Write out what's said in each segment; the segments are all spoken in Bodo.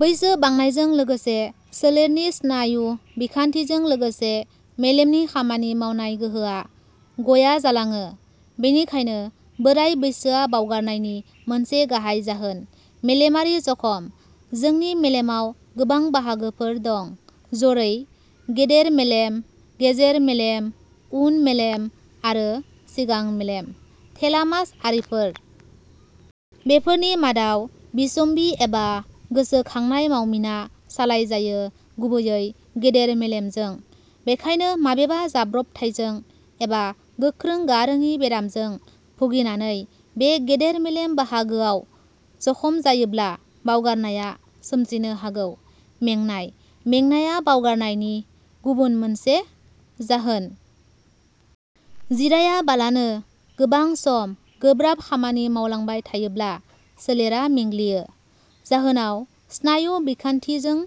बैसो बांनायजों लोगोसे सोलेरनि स्नायु बिखान्थिजों लोगोसे मेलेमनि खामानि मावनाय गोहोआ गया जालाङो। बेनिखायनो बोराइ बैसोआ बावगारनायनि मोनसे गाहाइ जाहोन। मेलेमारि जखम: जोंनि मेलेमाव गोबां बाहागोफोर दं जरै- गेदेर मेलेम, गेजेर मेलेम, उन मेलेम आरो सिगां मेलेम, थेलामास आरिफोर। बेफोरनि मादाव बिसम्बि एबा गोसो खांनाय मावमिना सालायजायो गुबैयै गेदेर मेलेमजों। बेखायनो माबेबा जाब्रबथाइजों एबा गोख्रों गारोङि बेरामजों भुगिनानै बे गेदेर मेलेम बाहागोआव जखम जायोब्ला बावगारनाया सोमजिनो हागौ। मेंनाय: मेंनाया बावगारनायनि गुबुन मोनसे जाहोन। जिरायाबालानो गोबां सम गोब्राब खामानि मावलांबाय थायोब्ला सोलेरा मेंग्लियो। जाहोनाव स्नायु बिखान्थि जों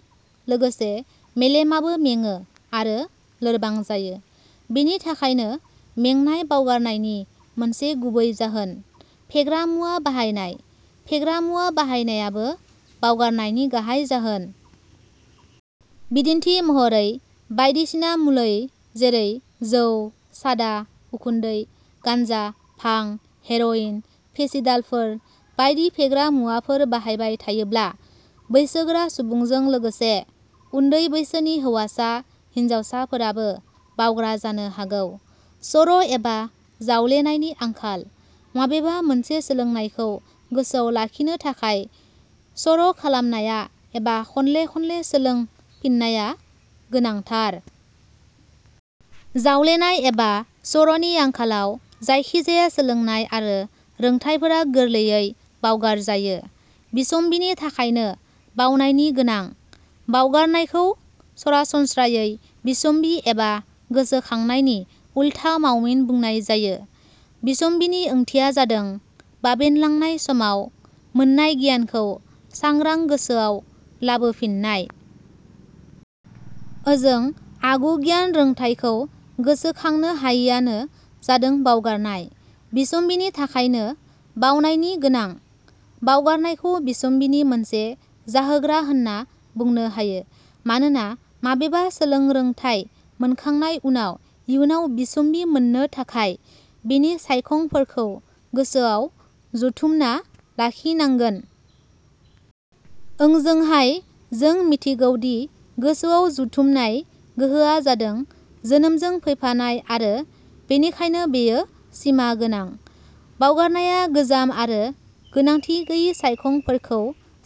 लोगोसे मेलेमाबो मेङो आरो लोरबां जायो। बेनि थाखायनो मेंनाय बावगारनायनि मोनसे गुबै जाहोन। फेग्रा मुवा बाहायनाय: फेग्रा मुवा बाहायनायाबो बावगारनायनि गाहाइ जाहोन। बिदिन्थि महरै, बायदिसिना मुलै जेरै जौ, सादा, उखुन्दै, गान्जा भां, हेर'इन, फेसिदालफोर बायदि फेग्रा मुवाफोर बाहायबाय थायोब्ला बैसोगोरा सुबुंजों लोगोसे उन्दै बैसोनि हौवासा हिनजावसाफोराबो बावग्रा जानो हागौ। सर' एबा जावलेनायनि आंखाल; माबेबा मोनसे सोलोंनायखौ गोसोआव लाखिनो थाखाय सर' खालामनाया एबा खनले खनले सोलों फिननाया गोनांथार। जावलेनाय एबा सर'नि आंखालाव जायखिजाया सोलोंनाय आरो रोंथाइफोरा गोरलैयै बावगार जायो। बिसम्बिनि थाखायनो बावनायनि गोनां। बावगारनायखौ सरासनस्रायै बिसम्बि एबा गोसोखांनायनि उल्था मावमिन बुंनाय जायो। बिसम्बिनि ओंथिया जादों बाबेन लांनाय समाव मोननाय गियानखौ सांग्रां गोसोआव लाबो फिननाय। ओजों आगु गियान रोंथाइखौ गोसोखांनो हायियानो जादों बावगारनाय। बिसम्बिनि थाखायनो बावनायनि गोनां। बावगारनायखौ बिसम्बिनि मोनसे जाहोग्रा होनना बुंनो हायो। मानोना माबेबा सोलोंरोंथाइ मोनखांनाय उनाव इयुनाव बिसम्बि मोननो थाखाय बेनि सायखंफोरखौ गोसोआव जुथुमना लाखिनांगोन। ओंजोंहाय जों मिथिगौदि गोसोआव जुथुमनाय गोहोआ जादों जोनोमजों फैफानाय आरो बेनिखायनो बेयो सिमा गोनां। बावगारनाया गोजाम आरो गोनांथि गैयि सायखंफोरखौ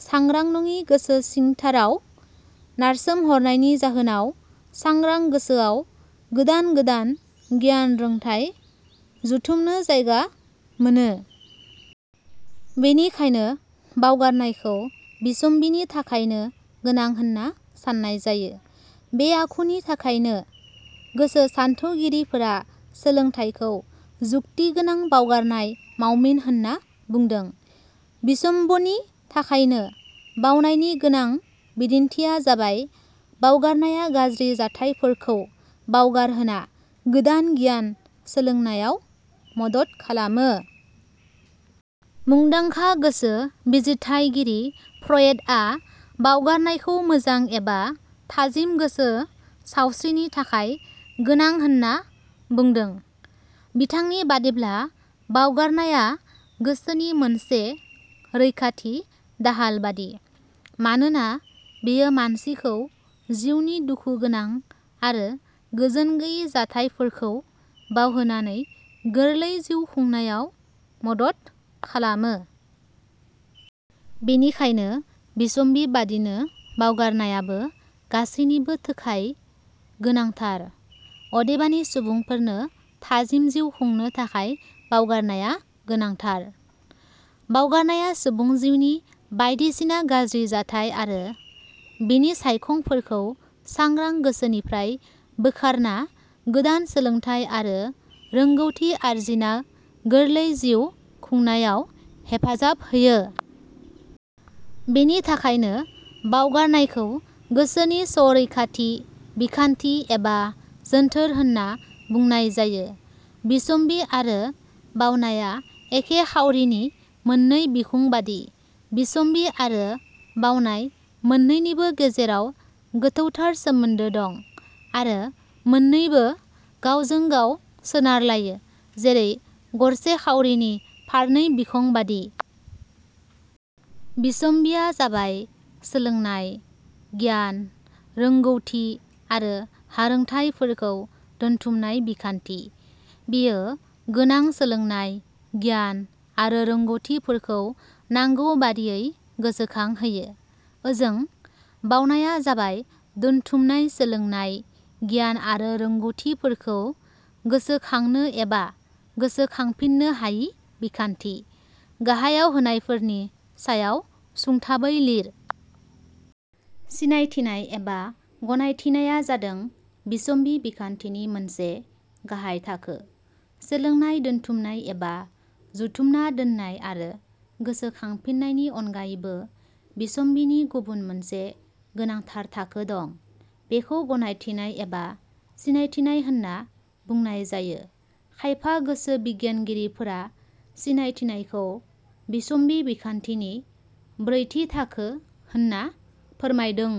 सांग्रां नङि गोसो सिंथाराव नारसोमहरनायनि जाहोनाव सांग्रां गोसोआव गोदान गोदान गियान रोंथाइ जुथुमनो जायगा मोनो। बेनिखायनो बावगारनायखौ बिसम्बिनि थाखायनो गोनां होनना साननाय जायो। बे आखुनि थाखायनो गोसो सानथौगिरिफोरा सोलोंथाइखौ जुक्ति गोनां बावगारनाय मावमिन होनना बुंदों। बिसम्बनि थाखायनो बावनायनि गोनां, बिदिन्थिया जाबायः बावगारनाया गाज्रि जाथाइफोरखौ बावगारहोना गोदान गियान सोलोंनायाव मदद खालामो। मुंदांखा गोसो बिजिरथाइगिरि फ्रयेदआ बावगारनायखौ मोजां एबा थाजिम गोसो सावस्रिनि थाखाय गोनां होनना बुंदों। बिथांनि बादिब्ला बावगारनाया गोसोनि मोनसे रैखाथि दाहाल बादि। मानोना बेयो मानसिखौ जिउनि दुखुगोनां आरो गोजोन गैयि जाथाइफोरखौ बावहोनानै गोरलै जिउ खुंनायाव मदद खालामो। बेनिखायनो बिसम्बि बादिनो बावगारनायाबो गासैनिबो थोखाय गोनांथार अदेबानि सुबुंफोरनो थाजिम जिउ खुंनो थाखाय बावगारनाया गोनांथार। बावगारनाया सुबुं जिउनि बायदिसिना गाज्रि जाथाइ आरो बेनि सायखंफोरखौ सांग्रां गोसोनिफ्राय बोखारना गोदान सोलोंथाइ आरो रोंगौथि आरजिना गोरलै जिउ खुंनायाव हेफाजाब होयो। बेनि थाखायनो बावगारनायखौ गोसोनि सरैखाथि बिखान्थि एबा जोन्थोर होनना बुंनाय जायो।: बिसम्बि आरो बावनाया एखे खाउरिनि मोननै बिखुं बादिः बिसम्बि आरो बावनाय मोननैनिबो गेजेराव गोथौथार सोमोन्दो दं आरो मोननैबो गावजों गाव सोनार लायो जेरै गरसे खाउरिनि फारनै बिखं बादि। बिसम्बिया जाबाय सोलोंनाय, गियान, रोंगौथि आरो हारोंथाइफोरखौ दोनथुमनाय बिखान्थि। बेयो गोनां सोलोंनाय, गियान आरो रोंगौथिफोरखौ नांगौबादियै गोसोखांहोयो। ओजों, बावनाया जाबाय दोनथुमनाय सोलोंनाय, गियान आरो रोंगौथिफोरखौ गोसो खांनो एबा गोसो खांफिननो हायि बिखान्थि। गाहायाव होनायफोरनि सायाव सुंथाबै लिर। सिनायथिनाय एबा गनायथिनाया जादों बिसम्बि बिखान्थिनि मोनसे गाहाइ थाखो। सोलोंनाय दोनथुमनाय एबा जुथुमना दोननाय आरो गोसोखांफिननायनि अनगायैबो बिसम्बिनि गुबुन मोनसे गोनांथार थाखो दं बेखौ गनायथिनाय एबा सिनायथिनाय होनना बुंनाय जायो। खायफा गोसो बिगियानगिरिफोरा सिनायथिनायखौ बिसम्बि बिखान्थिनि ब्रैथि थाखो होनना फोरमायदों।